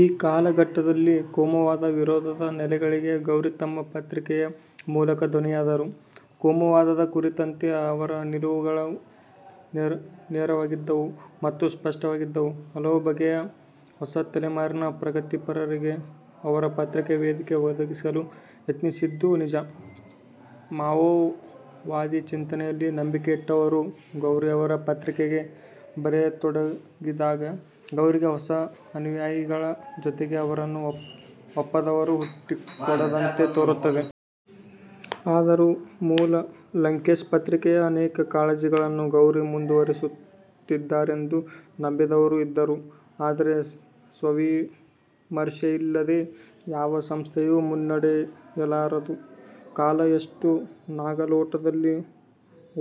ಈ ಕಾಲಘಟ್ಟದಲ್ಲಿ ಕೋಮುವಾದ ವಿರೋಧದ ನೆಲೆಗಳಿಗೆ ಗೌರಿ ತಮ್ಮ ಪತ್ರಿಕೆಯ ಮೂಲಕ ಧ್ವನಿಯಾದರು. ಕೋಮುವಾದದ ಕುರಿತಂತೆ ಅವರ ನಿಲುವುಗಳು ನೇರವಾಗಿದ್ದವು ಮತ್ತು ಸ್ಪಷ್ಟವಾಗಿದ್ದವು. ಹಲವು ಬಗೆಯ ಹೊಸ ತಲೆಮಾರಿನ ಪ್ರಗತಿಪರರಿಗೆ ಅವರ ಪತ್ರಿಕೆ ವೇದಿಕೆ ಒದಗಿಸಲು ಯತ್ನಿಸಿದ್ದು ನಿಜ. ಮಾವೋವಾದಿ ಚಿಂತನೆಯಲ್ಲಿ ನಂಬಿಕೆಯಿಟ್ಟವರು ಗೌರಿಯವರ ಪತ್ರಿಕೆಗೆ ಬರೆಯತೊಡಗಿದಾಗ, ಗೌರಿಗೆ ಹೊಸ ಅನುಯಾಯಿಗಳ ಜೊತೆಗೆ ಅವರನ್ನು ಒಪ್ಪದವರೂ ಹುಟ್ಟಿಕೊಂಡಂತೆ ತೋರುತ್ತದೆ. ಆದರೂ ಮೂಲ 'ಲಂಕೇಶ್ ಪತ್ರಿಕೆ'ಯ ಅನೇಕ ಕಾಳಜಿಗಳನ್ನು ಗೌರಿ ಮುಂದುವರಿಸುತ್ತಿದ್ದಾರೆಂದು ನಂಬಿದವರೂ ಇದ್ದರು. ಆದರೆ ಸ್ವವಿಮರ್ಶೆಯಿಲ್ಲದೆ ಯಾವ ಸಂಸ್ಥೆಯೂ ಮುನ್ನಡೆಯಲಾರದು. ಕಾಲ ಎಷ್ಟು ನಾಗಾಲೋಟದಲ್ಲಿ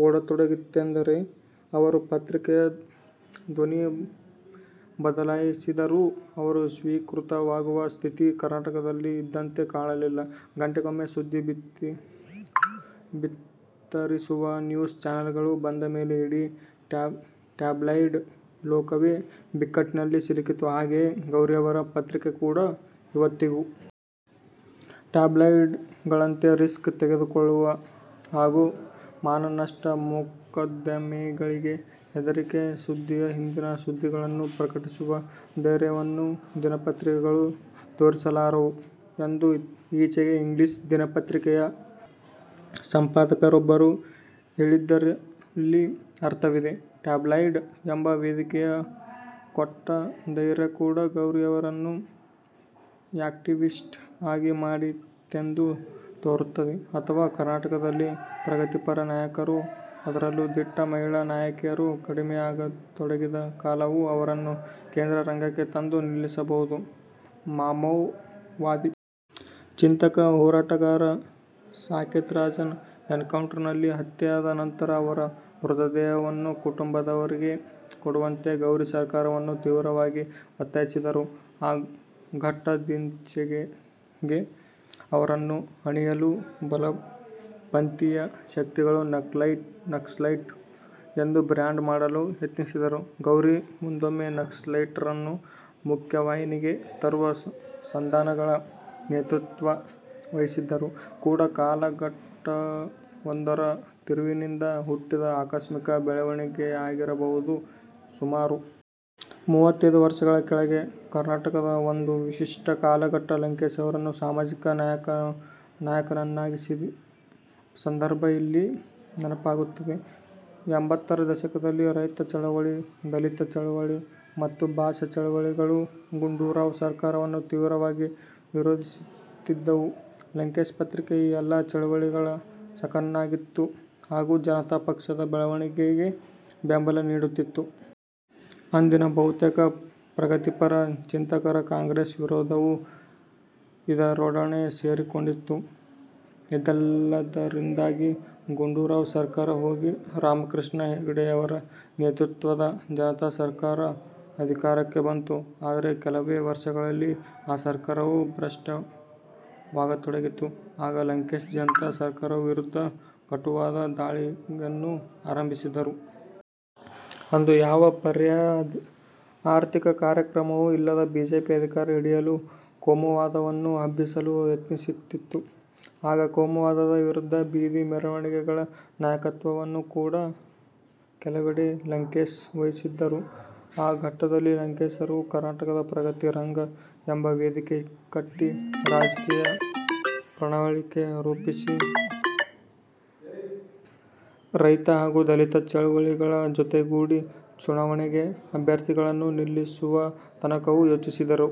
ಓಡತೊಡಗಿತ್ತೆಂದರೆ, ಅವರು ಪತ್ರಿಕೆಯ ಧ್ವನಿ ಬದಲಾಯಿಸಿದರೂ ಅದು ಸ್ವೀಕೃತವಾಗುವ ಸ್ಥಿತಿ ಕರ್ನಾಟಕದಲ್ಲಿ ಇದ್ದಂತೆ ಕಾಣಲಿಲ್ಲ. ಗಂಟೆಗೊಮ್ಮೆ ಸುದ್ದಿ ಬಿತ್ತರಿಸುವ ನ್ಯೂಸ್ ಚಾನೆಲ್‌ಗಳು ಬಂದ ಮೇಲೆ ಇಡೀ ಟ್ಯಾಬ್ಲಾಯ್ಡ್ ಲೋಕವೇ ಬಿಕ್ಕಟ್ಟಿನಲ್ಲಿ ಸಿಲುಕಿತು; ಹಾಗೆಯೇ ಗೌರಿಯವರ ಪತ್ರಿಕೆ ಕೂಡ."ಇವತ್ತಿಗೂ ಟ್ಯಾಬ್ಲಾಯ್ಡ್‌ಗಳಂತೆ ರಿಸ್ಕ್ ತೆಗೆದುಕೊಳ್ಳುವ ಹಾಗೂ ಮಾನನಷ್ಟ ಮೊಕದ್ದಮೆಗಳಿಗೆ ಹೆದರದೆ ಸುದ್ದಿಯ ಹಿಂದಿನ ಸುದ್ದಿಗಳನ್ನು ಪ್ರಕಟಿಸುವ ಧೈರ್ಯವನ್ನು ದಿನಪತ್ರಿಕೆಗಳು ತೋರಿಸಲಾರವು" ಎಂದು ಈಚೆಗೆ ಇಂಗ್ಲಿಷ್ ದಿನಪತ್ರಿಕೆಯ ಸಂಪಾದಕರೊಬ್ಬರು ಹೇಳಿದ್ದರಲ್ಲಿ ಅರ್ಥವಿದೆ. ಟ್ಯಾಬ್ಲಾಯ್ಡ್ ಎಂಬ ವೇದಿಕೆಯೇ ಕೊಟ್ಟ ಧೈರ್ಯ ಕೂಡ ಗೌರಿಯವರನ್ನು ಆಕ್ಟಿವಿಸ್ಟ್ ಆಗಿ ಮಾಡಿತೆಂದು ತೋರುತ್ತದೆ. ಅಥವಾ ಕರ್ನಾಟಕದಲ್ಲಿ ಪ್ರಗತಿಪರ ನಾಯಕರು, ಅದರಲ್ಲೂ ದಿಟ್ಟ ಮಹಿಳಾ ನಾಯಕಿಯರು ಕಡಿಮೆಯಾಗತೊಡಗಿದ ಕಾಲವೂ ಅವರನ್ನು ಕೇಂದ್ರ ರಂಗಕ್ಕೆ ತಂದು ನಿಲ್ಲಿಸಿರಬಹುದು. ಮಾವೋವಾದಿ ಚಿಂತಕ-ಹೋರಾಟಗಾರ ಸಾಕೇತ್ ರಾಜನ್ ಎನ್‌ಕೌಂಟರಿನಲ್ಲಿ ಹತ್ಯೆಯಾದ ನಂತರ ಅವರ ಮೃತದೇಹವನ್ನು ಕುಟುಂಬದವರಿಗೆ ಕೊಡುವಂತೆ ಗೌರಿ ಸರ್ಕಾರವನ್ನು ತೀವ್ರವಾಗಿ ಒತ್ತಾಯಿಸಿದರು. ಆ ಘಟ್ಟದಿಂದೀಚೆಗೆ ಅವರನ್ನು ಹಣಿಯಲು ಬಲಪಂಥೀಯ ಶಕ್ತಿಗಳು 'ನಕ್ಸಲೈಟ್' ಎಂದು ಬ್ರ್ಯಾಂಡ್ ಮಾಡಲು ಯತ್ನಿಸಿದವು. ಗೌರಿ ಮುಂದೊಮ್ಮೆ ನಕ್ಸಲೈಟರನ್ನು ಮುಖ್ಯವಾಹಿನಿಗೆ ತರುವ ಸಂಧಾನಗಳ ನೇತೃತ್ವ ವಹಿಸಿದ್ದು ಕೂಡ ಕಾಲಘಟ್ಟವೊಂದರ ತಿರುವಿನಿಂದ ಹುಟ್ಟಿದ ಆಕಸ್ಮಿಕ ಬೆಳವಣಿಗೆಯಾಗಿರಬಹುದು. ಸುಮಾರು ಮೂವತ್ತೈದು ವರ್ಷಗಳ ಕೆಳಗೆ ಕರ್ನಾಟಕದ ಒಂದು ವಿಶಿಷ್ಟ ಕಾಲಘಟ್ಟ ಲಂಕೇಶರನ್ನು ಸಾಮಾಜಿಕ ನಾಯಕನ್ನಾಗಿಸಿದ ಸಂದರ್ಭ ಇಲ್ಲಿ ನೆನಪಾಗುತ್ತದೆ. ಎಂಬತ್ತರ ದಶಕದಲ್ಲಿ ರೈತ ಚಳವಳಿ, ದಲಿತ ಚಳವಳಿ ಮತ್ತು ಭಾಷಾ ಚಳವಳಿಗಳು ಗುಂಡೂರಾವ್ ಸರ್ಕಾರವನ್ನು ತೀವ್ರವಾಗಿ ವಿರೋಧಿಸುತ್ತಿದ್ದವು; 'ಲಂಕೇಶ್ ಪತ್ರಿಕೆ' ಈ ಎಲ್ಲಾ ಚಳವಳಿಗಳ ಸಖನಾಗಿತ್ತು ಹಾಗೂ ಜನತಾ ಪಕ್ಷದ ಬೆಳವಣಿಗೆಗೆ ಬೆಂಬಲ ನೀಡುತ್ತಿತ್ತು. ಅಂದಿನ ಬಹುತೇಕ ಪ್ರಗತಿಪರ ಚಿಂತಕರ ಕಾಂಗ್ರೆಸ್ ವಿರೋಧವೂ ಇದರೊಡನೆ ಸೇರಿಕೊಂಡಿತ್ತು. ಇದೆಲ್ಲದರಿಂದಾಗಿ ಗುಂಡೂರಾವ್ ಸರ್ಕಾರ ಹೋಗಿ, ರಾಮಕೃಷ್ಣ ಹೆಗಡೆಯವರ ನೇತೃತ್ವದ ಜನತಾ ಸರ್ಕಾರ ಅಧಿಕಾರಕ್ಕೆ ಬಂತು. ಆದರೆ ಕೆಲವೇ ವರ್ಷಗಳಲ್ಲಿ ಆ ಸರ್ಕಾರವೂ ಭ್ರಷ್ಟವಾಗತೊಡಗಿತು. ಆಗ ಲಂಕೇಶ್ ಜನತಾ ಸರ್ಕಾರದ ವಿರುದ್ಧ ಕಟುವಾದ ದಾಳಿಯನ್ನು ಆರಂಭಿಸಿದರು. ಅಂದು ಯಾವ ಪರ್ಯಾಯ ಆರ್ಥಿಕ ಕಾರ್ಯಕ್ರಮವೂ ಇಲ್ಲದ ಬಿಜೆಪಿ ಅಧಿಕಾರ ಹಿಡಿಯಲು ಕೋಮುವಾದವನ್ನು ಹಬ್ಬಿಸಲು ಯತ್ನಿಸುತ್ತಿತ್ತು. ಆಗ ಕೋಮುವಾದದ ವಿರುದ್ಧ ಬೀದಿ ಮೆರವಣಿಗೆಗಳ ನಾಯಕತ್ವವನ್ನು ಕೂಡ ಕೆಲವೆಡೆ ಲಂಕೇಶ್ ವಹಿಸಿದ್ದರು. ಆ ಘಟ್ಟದಲ್ಲಿ ಲಂಕೇಶರು 'ಕರ್ನಾಟಕ ಪ್ರಗತಿ ರಂಗ' ಎಂಬ ವೇದಿಕೆ ಕಟ್ಟಿ, ರಾಜಕೀಯ ಪ್ರಣಾಳಿಕೆ ರೂಪಿಸಿ, ರೈತ ಹಾಗೂ ದಲಿತ ಚಳವಳಿಗಳ ಜೊತೆಗೂಡಿ ಚುನಾವಣೆಗೆ ಅಭ್ಯರ್ಥಿಗಳನ್ನು ನಿಲ್ಲಿಸುವ ತನಕವೂ ಯೋಚಿಸಿದರು.